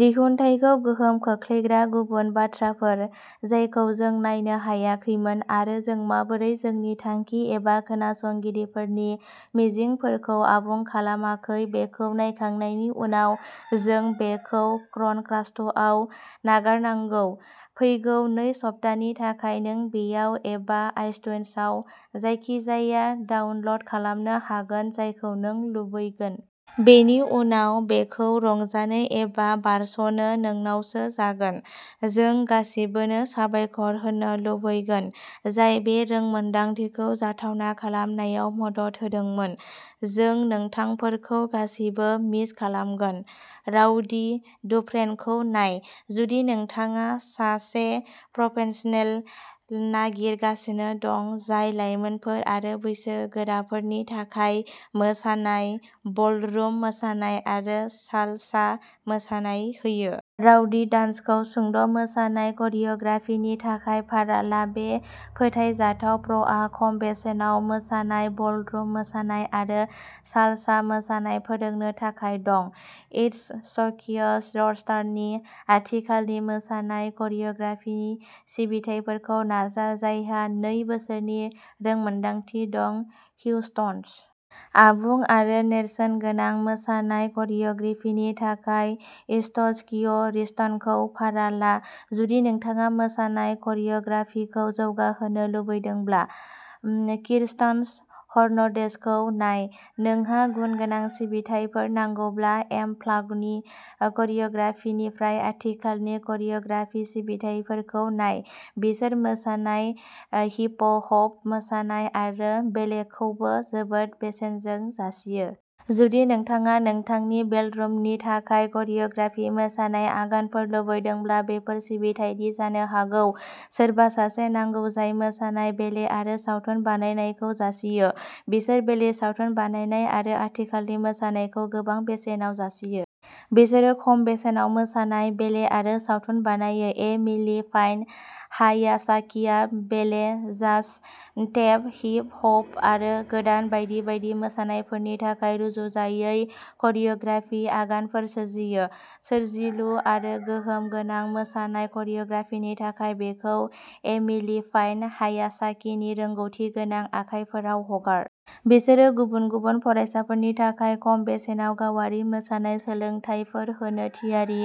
दिहुनथायखौ गोहोम खोख्लैग्रा गुबुन बाथ्राफोर जायखौ जों नायनो हायाखैमोन। आरो जों माबोरै जोंनि थांखि एबा खोनासंगिरिफोरनि मिजिंफोरखौ आबुं खालामाखै बेखौ नायखांनायनि उनाव, जों बेखौ क्रनकास्टआव नागारनांगौ। फैगौ नै सप्तानि थाखाय नों बेयाव एबा आइट्युन्सआव जायखिजाया डाउनल'ड खालामनो हागोन जायखौ नों लुबैगोन। बेनि उनाव बेखौ रंजानो एबा बारस'नो नोंनावसो जागोन। जों गासिबोनो साबायखर होनो लुबैगोन जाय बे रोंमोनदांथिखौ जाथावना खालामनायाव मदद होदोंमोन। जों नोंथांफोरखौ गासिबो मिस खालामगोन। राउडी डुफ्रेनखौ नाय, जुदि नोंथाङा सासे प्रफेशनेल नागिरगासिनो दं जाय लाइमोनफोर आरो बैसोगोराफोरनि थाखाय मोसानाय, बलरुम मोसानाय आरो सालसा मोसानाय होयो। राउडी डान्सखौ सुंद'मोसानाय करिय'ग्राफिनि थाखाय भारा ला। बे फोथायजाथाव प्र'आ खम बेसेनाव मोसानाय, बलरुम मोसानाय आरो सालसा मोसानाय फोरोंनो थाखाय दं। इट्सकियरस्ताननि आथिखालनि मोसानाय करिय'ग्राफि सिबिथाइफोरखौ नाजा, जायहा नै बोसोरनि रोंमोनदांथि दं। हिउस्टन। आबुं आरो नेरसोनगोनां मोसानाय करिय'ग्राफिनि थाखाय इट्सकियरस्तानखौ भारा ला। जुदि नोंथाङा मोसानाय करिय'ग्राफिखौ जौगाहोनो लुबैदोंब्ला, किरस्तान हर्नान्देजखौ नाय। नोंहा गुनगोनां सिबिथाइफोर नांगौब्ला एमफ्लागनि करिय'ग्राफिनिफ्राय आथिखालनि करिय'ग्राफि सिबिथाइफोरखौ नाय। बिसोर मोसानाय, हिप हप मोसानाय आरो बेलेखौबो जोबोद बेसेनजों जासियो। जुदि नोंथाङा नोंथांनि बलरुमनि थाखाय करिय'ग्राफि मोसानाय आगानफोर लुबैदोंब्ला, बेफोर सिबिथायनि जानो हागौ। सोरबा सासे नांगौ जाय मोसानाय, बेले आरो सावथुन बानायनायखौ जासियो? बिसोर बेले, सावथुन बानायनाय आरो आथिखालनि मोसानायखौ गोबां बेसेनाव जासियो। बिसोरो खम बेसेनाव मोसानाय, बेले आरो सावथुन बानायो। एमिलि फाइन-हायासाकिआ बेले, जाज, टेप, हिप-हप आरो गोदान बायदि बायदि मोसानायफोरनि थाखाय रुजुजायै करिय'ग्राफि आगानफोर सोरजियो। सोरजिलु आरो गोहोम गोनां मोसानाय करिय'ग्राफिनि थाखाय बेखौ एमिलि फाइन-हायासाकिनि रोंग'थिगोनां आखाइफोराव हगार। बिसोरो गुबुन गुबुन फरायसाफोरनि थाखाय खम बेसेनाव गावारि मोसानाय सोलोंथायफोर होनो थियारि।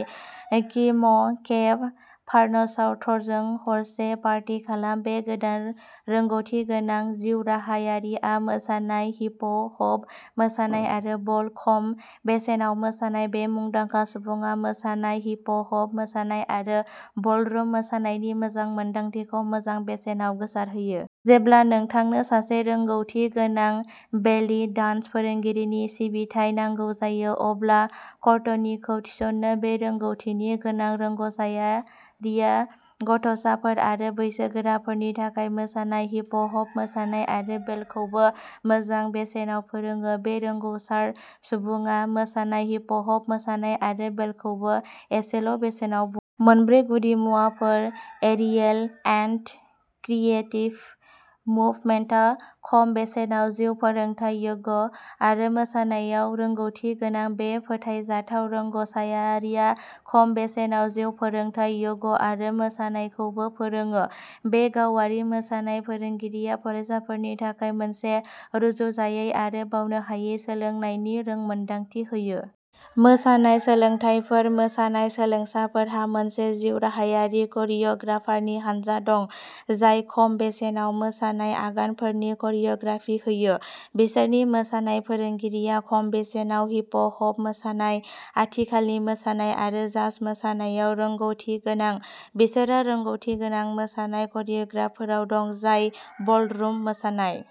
किम केब फार्नसवर्थजों हरसे पार्टि खालाम। बे गोदान रोंग'थिगोनां जिउराहायारिआ मोसानाय, हिप हप मोसानाय आरो बल खम बेसेनाव मोसानाय। बे मुंदांखा सुबुङा मोसानाय, हिप हप मोसानाय आरो बलरुम मोसानायनि मोजां मोन्दांथिखौ मोजां बेसेनाव गोसारहोयो। जेब्ला नोंथांनो सासे रोंग'थि गोनां बेलि डान्स फोरोंगिरिनि सिबिथाय नांगौ जायो, अब्ला कर्टनीखौ थिसनो। बे रोंग'थि गोनां रोंग'सारिया गथ'साफोर आरो बैसोगोराफोरनि थाखाय मोसानाय, हिप हप मोसानाय आरो बेलेखौबो मोजां बेसेनाव फोरोङो। बे रोंग'सार सुबुङा मोसानाय, हिप हप मोसानाय आरो बेलेखौबो एसेल'बेसेनाव खुङो। मोनब्रै गुदिमुवाफोर एरियेल एन्ड क्रिएटिभ मुभमेन्टआ खम बेसेनाव जिउ फोरोंथाय, य'ग आरो मोसानायाव रोंग'थि गोनां। बे फोथायजाथाव रोंगौसायारिया खम बेसेनाव जिउ फोरोंथाय, य'ग आरो मोसानायखौबो फोरोङो। बे गावारि मोसानाय फोरोंगिरिया फरायसाफोरनि थाखाय मोनसे रुजुजायै आरो बावनो हायै सोलोंनायनि रोंमोनदांथि होयो। मोसानाय सोलोंथायफोर मोसानाय सोलोंसाफोरहा मोनसे जिउराहायारि करिय'ग्राफारनि हानजा दं जाय खम बेसेनाव मोसानाय आगानफोरनि करिय'ग्राफि होयो। बिसोरनि मोसानाय फोरोंगिरिया खम बेसेनाव हिप हप मोसानाय, आथिखालनि मोसानाय आरो जाज मोसानायाव रोंग'थि गोनां। बिसोरहा रोंग'थिगोनां मोसानाय करिय'ग्राफारफोर दं जाय बलरुम मोसानाय